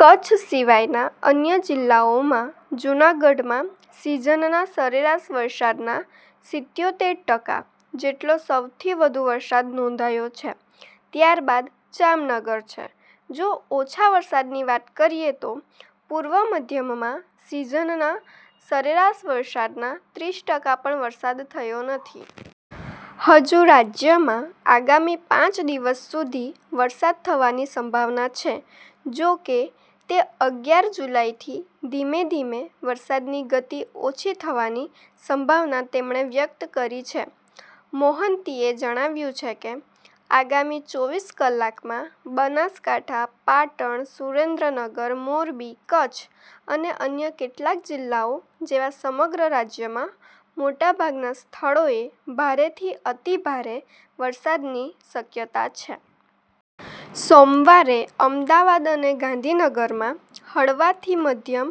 કચ્છ સિવાયના અન્ય જિલ્લાઓમાં, જૂનાગઢમાં સિઝનના સરેરાશ વરસાદના સિત્યોતેર ટકા જેટલો સૌથી વધુ વરસાદ નોંધાયો છે, ત્યારબાદ જામનગર છે. જો ઓછા વરસાદની વાત કરીએ તો, પૂર્વ મધ્યમાં સિઝનના સરેરાશ વરસાદના ત્રીસ ટકા પણ વરસાદ થયો નથી. હજુ રાજ્યમાં આગામી પાંચ દિવસ સુધી વરસાદ થવાની સંભાવના છે. જો કે, તે અગિયાર જુલાઈથી ધીમે ધીમે વરસાદની ગતી ઓછી થવાની સંભાવના તેમણે વ્યક્ત કરી છે. મોહંતીએ જણાવ્યું હતું કે, "આગામી ચોવીસ કલાકમાં, બનાસકાંઠા, પાટણ, સુરેન્દ્રનગર, મોરબી, કચ્છ અને અન્ય કેટલાક જિલ્લાઓ જેવા સમગ્ર રાજ્યમાં મોટાભાગના સ્થળોએ ભારેથી અતિભારે વરસાદની શક્યતા છે. " "સોમવારે અમદાવાદ અને ગાંધીનગરમાં હળવાથી મધ્યમ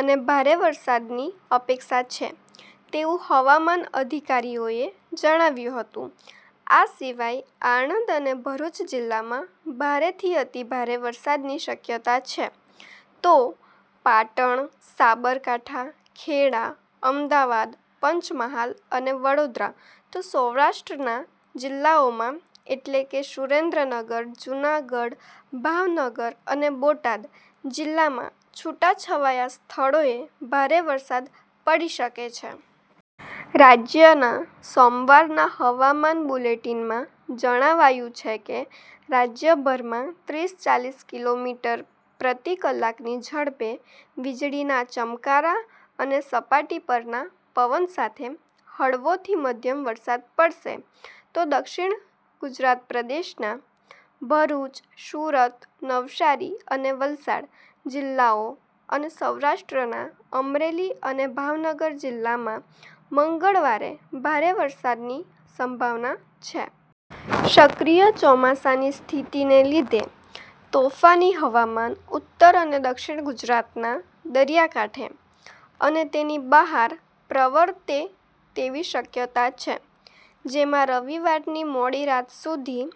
અને ભારે વરસાદની અપેક્ષા છે." તેવું હવામાન અધિકારીઓએ જણાવ્યું હતું. આ સિવાય "આણંદ અને ભરૂચ જિલ્લામાં ભારેથી અતિભારે વરસાદની શક્યતા છે. તો પાટણ, સાબરકાંઠા, ખેડા, અમદાવાદ, પંચમહાલ અને વડોદરા, તો સૌરાષ્ટ્રના જિલ્લાઓમાં, એટલે કે સુરેન્દ્રનગર, જૂનાગઢ, ભાવનગર અને બોટાદ જિલ્લામાં છૂટાછવાયા સ્થળોએ ભારે વરસાદ પડી શકે છે. રાજ્યના સોમવારના હવામાન બુલેટિનમાં જણાવાયું છે કે, રાજ્યભરમાં ત્રીસ-ચાલીસ કિલોમીટર પ્રતિ કલાકની ઝડપે વીજળીના ચમકારા અને સપાટી પરના પવન સાથે હળવોથી મધ્યમ વરસાદ પડશે. તો દક્ષિણ ગુજરાત પ્રદેશના ભરૂચ, સુરત, નવસારી અને વલસાડ જિલ્લાઓ અને સૌરાષ્ટ્રના અમરેલી અને ભાવનગર જિલ્લામાં મંગળવારે ભારે વરસાદની સંભાવના છે. સક્રિય ચોમાસાની સ્થિતિને લીધે, તોફાની હવામાન ઉત્તર અને દક્ષિણ ગુજરાતના દરિયાકાંઠે અને તેની બહાર પ્રવર્તે તેવી શક્યતા છે, જેમાં રવિવારની મોડી રાત સુધી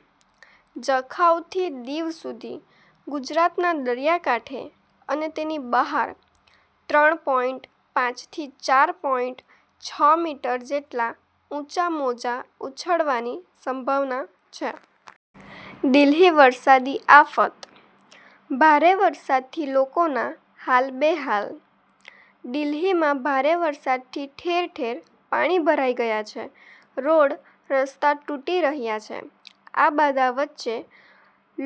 જખાઉથી દીવ સુધી ગુજરાતના દરિયાકાંઠે અને તેની બહાર ત્રણ પોઈંટ પાંચ થી ચાર પોઈંટ છ મીટર જેટલા ઊંચા મોજાં ઉછળવાની સંભાવના છે. દિલ્હી વરસાદી આફત: ભારે વરસાદથી લોકોના હાલ બેહાલ? દિલ્હીમાં ભારે વરસાદથી ઠેર ઠેર પાણી ભરાઈ ગયા છે, રોડ રસ્તા તૂટી રહ્યા છે. આ બાધા વચ્ચે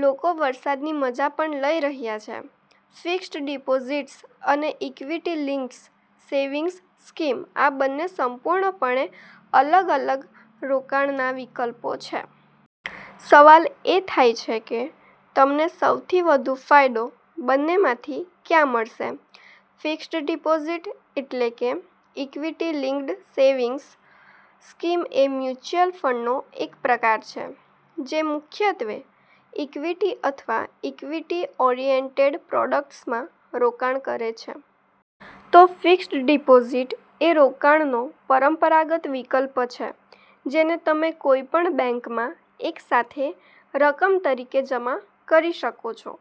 લોકો વરસાદની મજા પણ લઈ રહ્યા છે. ફિક્સ્ડ ડિપોઝિટ્સ અને ઇક્વિટી લિંક્ડ સેવિંગ્સ સ્કીમ – આ બંને સંપૂર્ણપણે અલગ અલગ રોકાણના વિકલ્પો છે. સવાલ એ થાય છે કે તમને સૌથી વધુ ફાયદો બંનેમાંથી ક્યાં મળશે. ફિક્સ્ડ ડિપોઝિટ એટલે કે ઇક્વિટી લિંક્ડ સેવિંગ્સ સ્કીમ એ મ્યુચ્યુઅલ ફંડનો એક પ્રકાર છે, જે મુખ્યત્વે ઇક્વિટી અથવા ઇક્વિટી ઓરિએન્ટેડ પ્રોડક્ટ્સમાં રોકાણ કરે છે. તો ફિક્સ્ડ ડિપોઝિટ એ રોકાણનો પરંપરાગત વિકલ્પ છે, જેને તમે કોઈપણ બેંકમાં એક સાથે રકમ તરીકે જમા કરી શકો છો.